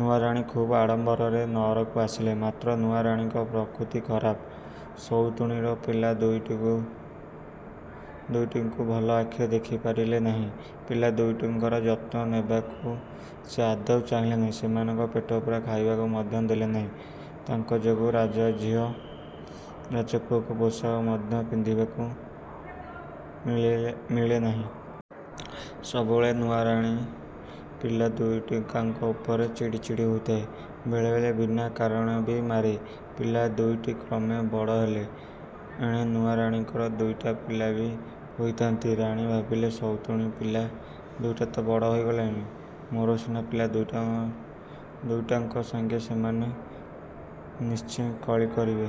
ନୂଆ ରାଣୀ ଖୁବ୍ ଆଡ଼ମ୍ବରରେ ନଅରକୁ ଆସିଲେ, ମାତ୍ର ନୂଆ ରାଣୀଙ୍କ ପ୍ରକୃତି ଖରାପ, ସଉତୁଣୀର ପିଲା ଦୁଇଟିଙ୍କୁ ଭଲ ଆଖିରେ ଦେଖିପାରିଲେ ନାହିଁ। ପିଲା ଦୁଇଟିଙ୍କ ଯତ୍ନ ନେବାକୁ ସେ ଆଦୌ ଚାହିଁଲେ ନାହିଁ। ସେମାନଙ୍କୁ ପେଟପୂରା ଖାଇବାକୁ ମଧ୍ୟ ଦେଲେ ନାହିଁ। ତାଙ୍କ ଯୋଗୁ ରଜାଝିଅ, ରଜାପୁଅକୁ ଭଲ ପୋଷାକ ମଧ୍ୟ ପିନ୍ଧିବାକୁ ମିଳେ ନାହିଁ। ସବୁବେଳେ ନୂଆରାଣୀ ପିଲା ଦୁଇଟାଙ୍କ ଉପରେ ଚିଡ଼ି ଚିଡ଼ି ହେଉଥାଏ, ବେଳେବେଳେ ବିନା କାରଣରେ ବି ମାରେ। ପିଲା ଦୁଇଟି କ୍ରମେ ବଡ଼ ହେଲେ। ଏଣେ ନୂଆ ରାଣୀଙ୍କର ଦୁଇଟି ପିଲା ବି ହୋଇଥାନ୍ତି। ରାଣୀ ଭାବିଲେ, ସଉତୁଣୀ ପିଲା ଦୁଇଟା ତ ବଡ଼ ହୋଇଗଲେଣି, ମୋର ସାନ ପିଲା ଦୁଇଟାଙ୍କ ସଙ୍ଗେ ସେମାନେ ନିଶ୍ଚେ କଳି କରିବେ।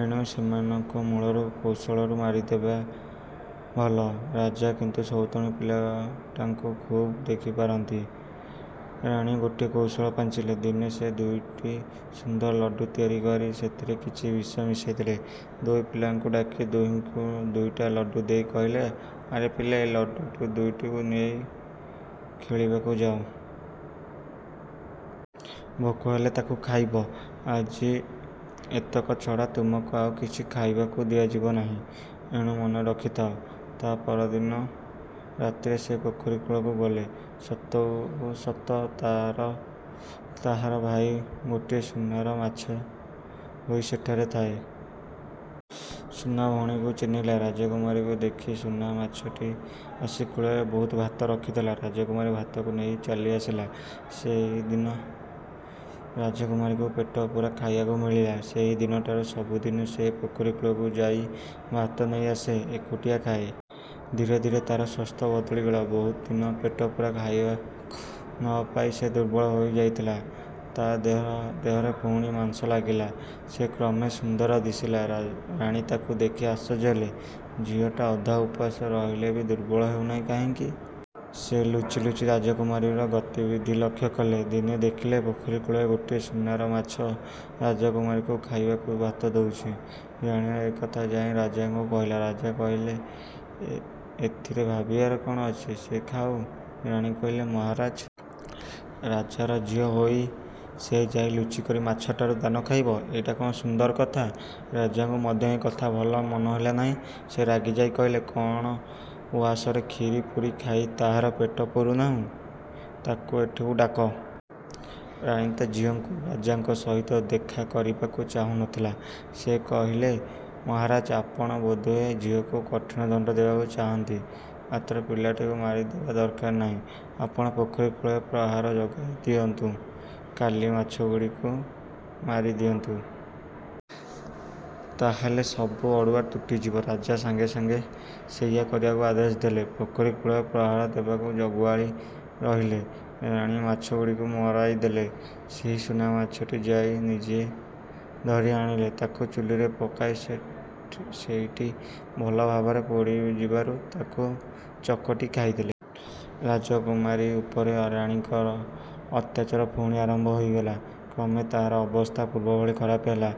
ଏଣୁ ସେମାନଙ୍କୁ ମୂଳରୁ କୌଶଳରେ ମାରିଦେବା ଭଲ। ରାଜା କିନ୍ତୁ ସଉତୁଣୀ ପିଲା ଦୁଇଟାଙ୍କୁ ଖୁବ୍ ଦେଖିପାରନ୍ତି। ରାଣୀ ଗୋଟାଏ କୌଶଳ ପାଞ୍ଚିଲେ। ଦିନେ ସେ ଦୁଇଟି ସୁନ୍ଦର ଲଡ଼ୁ ତିଆରି କରି ସେଥିରେ କିଛି ବିଷ ମିଶାଇଦେଲେ। ଦୁଇ ପିଲାଙ୍କୁ ଡାକି ଦୁହିଁଙ୍କୁ ଦୁଇଟି ଲଡ଼ୁ ଦେଇ କହିଲେ, ଆରେ ପିଲେ, ଏଇ ଲଡ଼ୁ ଦୁଇଟି ନେଇ ଖେଳିବାକୁ ଯାଅ। ଭୋକ ହେଲେ ତାକୁ ଖାଇବ। ଆଜି ଏତକ ଛଡ଼ା ତୁମକୁ ଆଉ କିଛି ଖାଇବାକୁ ଦିଆଯିବ ନାହିଁ। ଏଣୁ ମନେ ରଖିଥାଅ। ତା ପର ଦିନ ରାତିରେ ସେ ପୋଖରୀ କୂଳକୁ ଗଲା। ସତକୁ ସତ ତାହାର ଭାଇ ଗୋଟିଏ ସୁନାର ମାଛ ହୋଇ ସେଠାରେ ଥାଏ। ସେ ଭଉଣୀକୁ ଚିହ୍ନିଲା। ରାଜକୁମାରୀକୁ ଦେଖି ସୁନାର ମାଛଟି ଆସି କୂଳରେ ବହୁତ ଭାତ ରଖିଦେଲା। ରାଜକୁମାରୀ ଭାତକୁ ନେଇ ଚାଲିଆସିଲା। ସେଦିନ ରାଜକୁମାରୀକୁ ପେଟପୂରା ଖାଇବାକୁ ମିଳିଲା। ସେଇ ଦିନଠାରୁ ସବୁଦିନ ସେ ପୋଖରୀ କୂଳକୁ ଯାଇ ଭାତ ନେଇ ଆସେ। ଏକୁଟିଆ ଖାଏ। ଧୀରେ ଧୀରେ ତାହାର ସ୍ୱାସ୍ଥ୍ୟ ବଦଳିଗଲା। ବହୁ ଦିନ ପେଟପୂରା ଖାଇବାକୁ ନ ପାଇ ସେ ଦୁର୍ବଳ ହୋଇଯାଇଥିଲା। ତା ଦେହରେ ପୁଣି ମାଂସ ଲାଗିଲା। ସେ କ୍ରମେ ସୁନ୍ଦର ଦିଶିଲା। ରାଣୀ ତାକୁ ଦେଖି ଆଶ୍ଚର୍ଯ୍ୟ ହେଲେ। ଝିଅଟା ଅଧା ଉପାସ ରହିଲେ ବି ଦୁର୍ବଳ ହେଉନାହିଁ କାହିଁକି? ସେ ଲୁଚି ଲୁଚି ରାଜକୁମାରୀର ଗତିବିଧି ଲକ୍ଷ୍ୟ କଲେ। ଦିନେ ଦେଖିଲେ, ପୋଖରୀ କୂଳରେ ଗୋଟିଏ ସୁନାର ମାଛ ରାଜକୁମାରୀକୁ ଖାଇବାକୁ ଭାତ ଦେଉଛି। ରାଣୀ ଏ କଥା ଯାଇ ରାଜାଙ୍କୁ କହିଲେ। ରାଜା କହିଲେ, ଏଥିରେ ଭାବିବାର କ'ଣ ଅଛି? ସେ ଖାଉ। ରାଣୀ କହିଲେ, ମହାରାଜ! ରାଜାର ଝିଅ ହୋଇ ସେ ଯାଇ ଲୁଚିକରି ମାଛଠାରୁ ଦାନା ଖାଇବ? ଏଇଟା କ'ଣ ସୁନ୍ଦର କଥା? ରାଜାଙ୍କୁ ମଧ୍ୟ ଏ କଥା ଭଲ ମନେହେଲା ନାହିଁ। ସେ ରାଗିଯାଇ କହିଲେ, କ'ଣ ଉଆସରେ କ୍ଷୀରି ପୁରୀ ଖାଇ ତାହାର ପେଟ ପୂରୁନାହିଁ? ତାକୁ ଏଠାକୁ ଡାକ। ରାଣୀ ତ ଝିଅକୁ ରାଜାଙ୍କ ସହିତ ଦେଖା କରିବାକୁ ଚାହୁଁ ନ ଥିଲେ। ସେ କହିଲେ, ମହାରାଜ! ଆପଣ ବୋଧହୁଏ ଝିଅକୁ କଠିନ ଦଣ୍ଡ ଦେବାକୁ ଚାହାନ୍ତି, ମାତ୍ର ପିଲାଟାକୁ ମାରିବା ଦରକାର ନାହିଁ। ଆପଣ ପୋଖରୀ କୂଳରେ ପ୍ରହରୀ ଜଗାଇ ଦିଅନ୍ତୁ। କାଲି ମାଛଗୁଡ଼ାକ ମାରିଦିଅନ୍ତୁ। ତାହା ହେଲେ ସବୁ ଅଡ଼ୁଆ ତୁଟିଯିବ। ରାଜା ସଙ୍ଗେ ସଙ୍ଗେ ସେଇଆ କରିବାକୁ ଆଦେଶ ଦେଲେ। ପୋଖରୀ କୂଳରେ ପ୍ରହରା ଦେବାକୁ ଜଗୁଆଳି ରହିଲେ। ରାଣୀ ମାଛଗୁଡ଼ାକୁ ମରାଇଦେଲେ। ସେହି ସୁନା ମାଛଟିକୁ ଯାଇ ନିଜେ ଧରି ଆଣିଲେ। ତାକୁ ଚୁଲିରେ ପକାଇ ସେଇଟି ଭଲ ଭାବରେ ପୋଡ଼ିଯିବାରୁ ତାକୁ ଚକଟି ଖାଇଦେଲେ। ରାଜକୁମାରୀ ଉପରେ ରାଣୀଙ୍କ ଅତ୍ୟାଚାର ପୁଣି ଆରମ୍ଭ ହୋଇଗଲା। କ୍ରମେ ତାହାର ଅବସ୍ଥା ପୂର୍ବଭଳି ଖରାପ ହେଲା।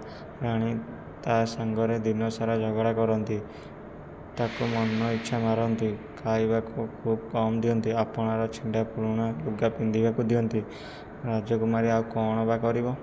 ରାଣୀ ତା ସଙ୍ଗରେ ଦିନସାରା ଝଗଡ଼ା କରନ୍ତି। ତାକୁ ମନଇଚ୍ଛା ମାରନ୍ତି। ଖାଇବାକୁ ଖୁବ୍ କମ୍ ଦିଅନ୍ତି। ଆପଣାର ଛିଣ୍ଡା ପୁରୁଣା ଲୁଗା ପିନ୍ଧିବାକୁ ଦିଅନ୍ତି। ରାଜକୁମାରୀ ଆଉ କ'ଣ ବା କରିବ?